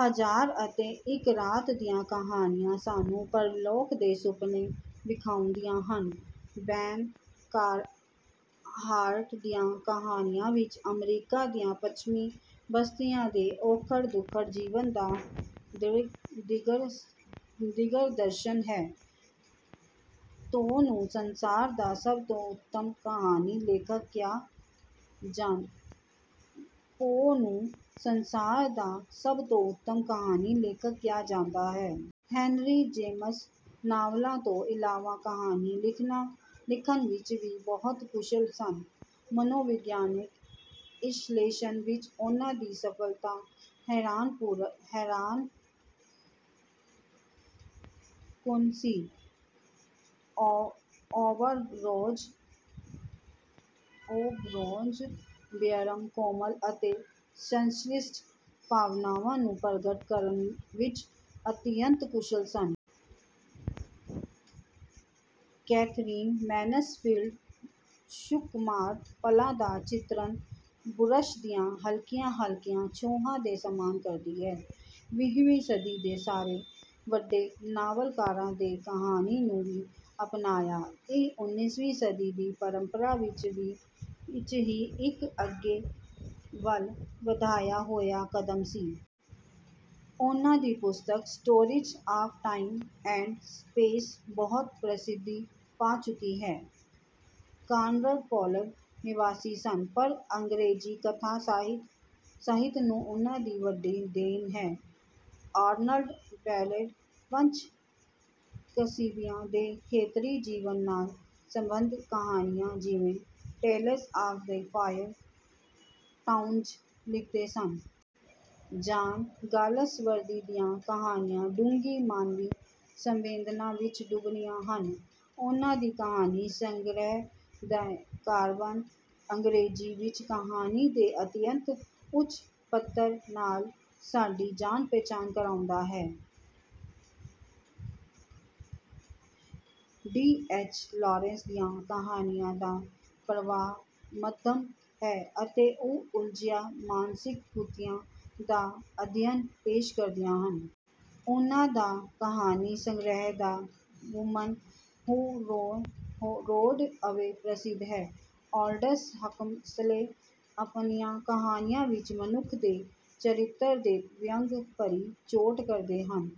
ਹਜ਼ਾਰ ਅਤੇ ਇੱਕ ਰਾਤ ਦੀਆਂ ਕਹਾਣੀਆਂ ਸਾਨੂੰ ਪਰਲੋਕ ਦੇ ਸੁਪਨੇ ਵਿਖਾਉਂਦੀਆਂ ਹਨ। ਬੈਨ ਹਾਰਟ ਦੀਆਂ ਕਹਾਣੀਆਂ ਵਿੱਚ ਅਮਰੀਕਾ ਦੀਆਂ ਪੱਛਮੀ ਬਸਤੀਆਂ ਦੇ ਔਖੜ-ਦੁਖੜ ਜੀਵਨ ਦਾ ਦਿਗਦਰਸ਼ਨ ਹੈ। ਪੋ ਨੂੰ ਸੰਸਾਰ ਦਾ ਸਭ ਤੋਂ ਉੱਤਮ ਕਹਾਣੀ ਲੇਖਕ ਕਿਹਾ ਜਾਂਦਾ ਹੈ। ਹੈਨਰੀ ਜੇਮਸ ਨਾਵਲਾਂ ਤੋਂ ਇਲਾਵਾ ਕਹਾਣੀ ਲਿਖਣ ਵਿੱਚ ਵੀ ਬਹੁਤ ਕੁਸ਼ਲ ਸਨ। ਮਨੋਵਿਗਿਆਨਕ ਵਿਸ਼ਲੇਸ਼ਣ ਵਿੱਚ ਉਨ੍ਹਾਂ ਦੀ ਸਫਲਤਾ ਹੈਰਾਨਕੁਨ ਸੀ। ੳਂਬਰੌਜ ਬੀਅਰਮ ਕੋਮਲ ਅਤੇ ਸੰਸ਼ਲਿਸ਼ਟ ਭਾਵਨਾਵਾਂ ਨੂੰ ਪ੍ਰਗਟ ਕਰਨ ਵਿੱਚ ਅਤਿਅੰਤ ਕੁਸ਼ਲ ਸਨ। ਕੈਥਰੀਨ ਮੈਨਸਫੀਲਡ ਸ਼ੁਕੁਮਾਰ ਪਲਾਂ ਦਾ ਚਿਤਰਨ ਬੁਰਸ਼ ਦੀਆਂ ਹਲਕੀਆਂ-ਹਲਕੀਆਂ ਛੋਹਾਂ ਦੇ ਸਮਾਨ ਕਰਦੀ ਹੈ। ਵੀਹਵੀਂ ਸਦੀ ਦੇ ਸਾਰੇ ਵੱਡੇ ਨਾਵਲਕਾਰਾਂ ਦੇ ਕਹਾਣੀ ਨੂੰ ਵੀ ਅਪਣਾਇਆ। ਇਹ ਉਨੀਸਵੀਂ ਸਦੀ ਦੀ ਪਰੰਪਰਾ ਵਿੱਚ ਹੀ ਇੱਕ ਅੱਗੇ ਵੱਲ ਵਧਾਇਆ ਹੋਇਆ ਕਦਮ ਸੀ। ਉਨ੍ਹਾਂ ਦੀ ਪੁਸਤਕ stories of time and space ਬਹੁਤ ਪ੍ਰਸਿੱਧੀ ਪਾ ਚੁੱਕੀ ਹੈ। ਕਾਨਰਡ ਪੋਲੈਡ ਨਿਵਾਸੀ ਸਨ, ਪਰ ਅੰਗਰੇਜ਼ੀ ਕਥਾ ਸਾਹਿਤ ਨੂੰ ਉਨ੍ਹਾਂ ਦੀ ਵੱਡੀ ਦੇਣ ਹੈ। ਆਰਨਲਡ ਬੈਨੇਟ ਪੰਜ ਕਸੀਬਆਂ ਦੇ ਖੇਤਰੀ ਜੀਵਨ ਨਾਲ ਸਬੰਧਤ ਕਹਾਣੀਆਂ, ਜਿਵੇਂ tales of the five towns ਲਿਖਦੇ ਸਨ। ਜਾਨ ਗਾਲਸਵਰਦੀ ਦੀਆਂ ਕਹਾਣੀਆਂ ਡੂੰਘੀ ਮਾਨਵੀ ਸੰਵੇਦਨਾ ਵਿੱਚ ਡੁੱਬਨੀਆਂ ਹਨ। ਉਨ੍ਹਾਂ ਦੀ ਕਹਾਣੀ ਸੰਗ੍ਰਹਿ ਦ ਕਾਰਵਨ ਅੰਗਰੇਜ਼ੀ ਵਿੱਚ ਕਹਾਣੀ ਦੇ ਅਤਿਅੰਤ ਉੱਚ ਪੱਧਰ ਨਾਲ ਸਾਡੀ ਜਾਣ-ਪਛਾਣ ਕਰਾਉਂਦਾ ਹੈ। ਡੀ. ਐਚ. ਲਾਰੇਂਸ ਦੀਆਂ ਕਹਾਣੀਆਂ ਦਾ ਪ੍ਰਵਾਹ ਮੱਧਮ ਹੈ ਅਤੇ ਉਹ ਉਲਝੀਆਂ ਮਾਨਸਿਕ ਗੁੱਥੀਆਂ ਦਾ ਅਧਿਐਨ ਪੇਸ਼ ਕਰਦੀਆਂ ਹਨ। ਉਨ੍ਹਾਂ ਦਾ ਕਹਾਣੀ ਸੰਗ੍ਰਹਿ ਦ ਵੂਮਨ ਹੂ ਰੋਡ ਅਵੇ ਪ੍ਰਸਿੱਧ ਹੈ। ਆਲਡਸ ਹਕਮਸਲੇ ਆਪਣੀਆਂ ਕਹਾਣੀਆਂ ਵਿੱਚ ਮਨੁੱਖ ਦੇ ਚਰਿੱਤਰ ' ਤੇ ਵਿਅੰਗ ਭਰੀ ਚੋਟ ਕਰਦੇ ਹਨ।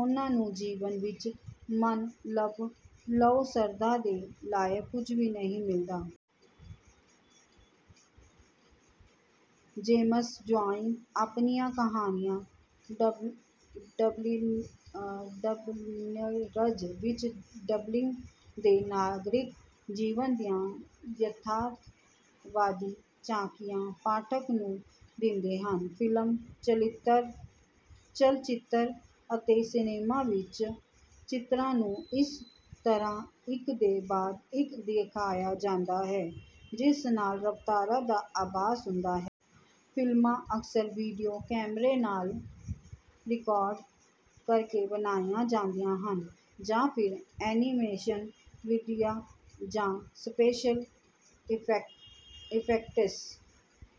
ਉਨ੍ਹਾਂ ਨੂੰ ਜੀਵਨ ਵਿੱਚ ਮੰਨ ਲਓ ਸ਼ਰਧਾ ਦੇ ਲਾਇਕ ਕੁਝ ਵੀ ਨਹੀਂ ਮਿਲਦਾ। ਜੇਮਸ ਜੁਆਇ ਆਪਣੀਆਂ ਕਹਾਣੀਆਂ ਡਬਲਿਨਰਜ ਵਿੱਚ ਡਬਲਿਨ ਦੇ ਨਾਗਰਿਕ ਜੀਵਨ ਦੀਆਂ ਯਥਾਰਥਵਾਦੀ ਝਾਕੀਆਂ ਪਾਠਕ ਨੂੰ ਦਿੰਦੇ ਹਨ। ਫ਼ਿਲਮ, ਚਲਚਿੱਤਰ ਅਤੇ ਸਿਨੇਮਾ ਵਿੱਚ ਚਿੱਤਰਾਂ ਨੂੰ ਇਸ ਤਰ੍ਹਾਂ ਇੱਕ ਦੇ ਬਾਅਦ ਇੱਕ ਦਿਖਾਇਆ ਜਾਂਦਾ ਹੈ ਜਿਸ ਨਾਲ ਰਫ਼ਤਾਰਾ ਦਾ ਆਭਾਸ ਹੁੰਦਾ ਹੈ। ਫਿਲਮਾਂ ਅਕਸਰ ਵੀਡੀਓ ਕੈਮਰੇ ਨਾਲ ਰਿਕਾਰਡ ਕਰਕੇ ਬਣਾਈਆਂ ਜਾਂਦੀਆਂ ਹਨ, ਜਾਂ ਫਿਰ ਐਨੀਮੇਸ਼ਨ ਵਿਧੀਆਂ ਜਾਂ ਸਪੈਸ਼ਲ ਇਫੈਕਟਸ